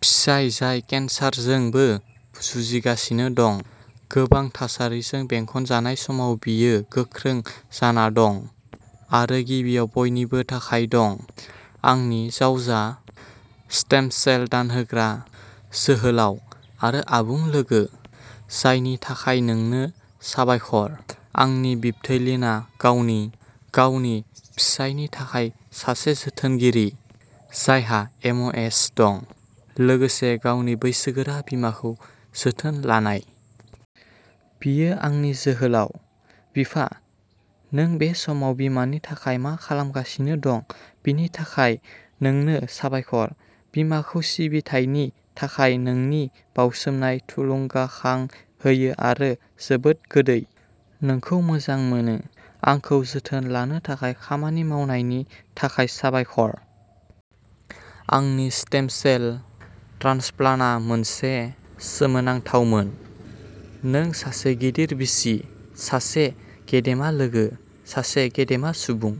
फिसाय जाय केन्सारजोंबो जुजिगासिनो दं। गोबां थासारिफोरजों बेंखनजानाय समाव बियो गोख्रों जाना दं आरो गिबियाव बयनिबो थाखाय दं! आंनि जावजा, स्टेम सेल दानहोग्रा, जोहोलाव आरो आबुं लोगो जायनि थाखाय नोंनो साबायखर। आंनि बिबथै लिनआ गावनि गावनि फिसायनि थाखाय सासे जोथोनगिरि, जायहा एम म' एस दं, लोगोसे गावनि बैसोगोरा बिमाखौ जोथोन लानाय। बियो आंनि जोहोलाव! बिफा नों बे समाव बिमानि थाखाय मा खालामगासिनो दं बिनि थाखाय नोंनो साबायखर! बिमाखौ सिबिथायनि थाखाय नोंनि बाउसोमनाय थुलुंगाखां होयो आरो जोबोद गोदै। नोंखौ मोजां मोनो! आंखौ जोथोन लानो थाखाय खामानि मावनायनि थाखाय साबायखर! आंनि स्टेम सेल ट्रान्सप्लान्टआ मोनसे सोमोनांथावमोन। नों सासे गिदिर बिसि, सासे गेदेमा लोगो, सासे गेदेमा सुबुं।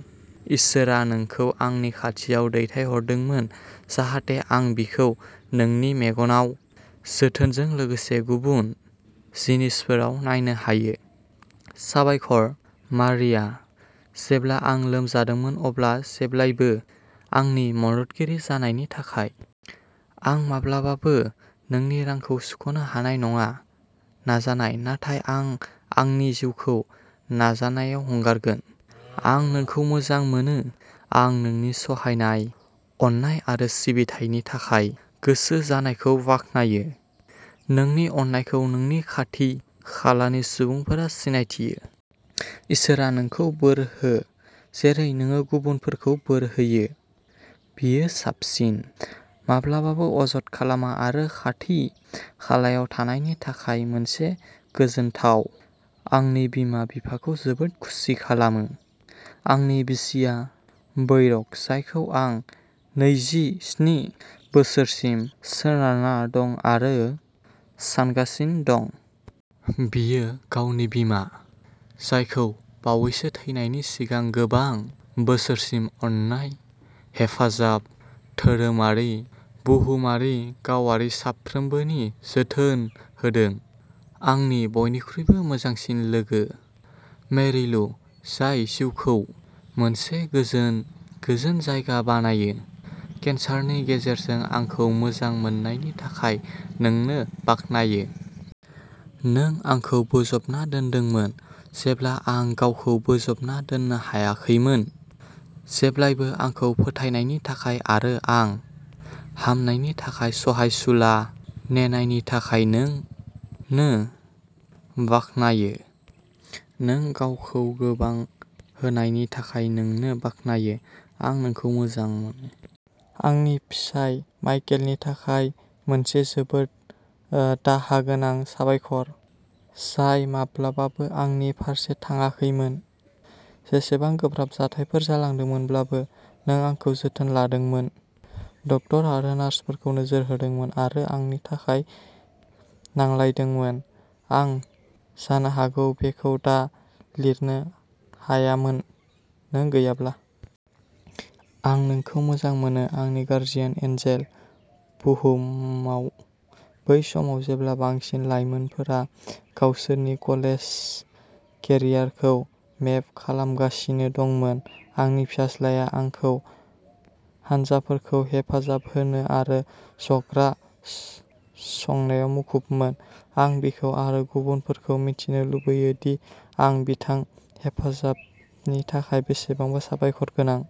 इसोरआ नोंखौ आंनि खाथियाव दैथायहरदोंमोन जाहाथे आं बिखौ नोंनि मेगनाव, जोथोनजों लोगोसे गुबुन जिनिसफोराव नायनो हायो। साबायखर, मारिया, जेब्ला आं लोमजादोंमोन अब्ला जेब्लायबो आंनि मददगिरि जानायनि थाखाय। आं माब्लाबाबो नोंनि रांखौ सुख'नो हानाय नङा। नाजानाय, नाथाय आं आंनि जिउखौ नाजानायाव हंगारगोन। आं नोंखौ मोजां मोनो! आं नोंनि सहायनाय, अननाय आरो सिबिथायनि थाखाय गोसो जानायखौ बाख्नायो। नोंनि अननायखौ नोंनि खाथि खालानि सुबुंफोरा सिनायथियो। इसोरा नोंखौ बोर हो जेरै नोङो गुबुनफोरखौ बोर होयो। बियो साबसिन। माब्लाबाबो अजद खालामा आरो खाथि खालायाव थानायनि थाखाय मोनसे गोजोनथाव। आंनि बिमा बिफाखौ जोबोद खुसि खालामो। आंनि बिसिआ बै र'क जायखौ आं नैजि स्नि बोसोरसिम सोनारना दं आरो सानगासिनो दं। बियो गावनि बिमा, जायखौ बावैसो थैनायनि सिगां गोबां बोसोरसिम अननाय, हेफाजाब, धोरोमारि, बुहुमारि गावारि साफ्रोमबोनि जोथोन होदों। आंनि बयनिख्रुइबो मोजांसिन लोगो मेरि लु, जाय जिउखौ मोनसे गोजोन, गोजोन जायगा बानायो। केन्सारनि गेजेरजों आंखौ मोजां मोननायनि थाखाय नोंनो बाख्नायो। नों आंखौ बोजबना दोनदोंमोन जेब्ला आं गावखौ बोजबना दोननो हायाखैमोन। जेब्लायबो आंखौ फोथायनायनि थाखाय आरो आं हामनायनि थाखाय सहायसुला नेनायनि थाखाय नों नो बाख्नायो। नों गावखौ गोबां होनायनि थाखाय नोंनो बाख्नायो। आं नोंखौ मोजां मोनो! आंनि फिसाय, माइकेलनि थाखाय मोनसे जोबोद दाहा गोनां साबायखर, जाय माब्लाबाबो आंनि फारसे थाङाखैमोन, जेसेबां गोब्राब जाथायफोर जादोंमोनब्लाबो। नों आंखौ जोथोन लादोंमोन, डक्टर आरो नार्सफोरखौ नोजोर होदोंमोन आरो आंनि थाखाय नांलायदोंमोन। आं जानो हागौ बेखौ दा लिरनो हायामोन, नों गैयाब्ला। आं नोंखौ मोजां मोनो, आंनि गार्जियन एन्जेल, बुहुमाव। बै समाव जेब्ला बांसिन लाइमोनफोरा गावसोरनि कलेज केरियारखौ मेप खालामगासिनो दंमोन, आंनि फिसाज्लाया आंखौ हानजाफोरखौ हेफाजाब होनो आरो जग्रा संनायाव मुखुबमोन। आं बिखौ आरो गुबुनफोरखौ मिथिनो लुबैयोदि आं बिथां हेफाजाबनि थाखाय बेसेबांबा साबायखर गोनां।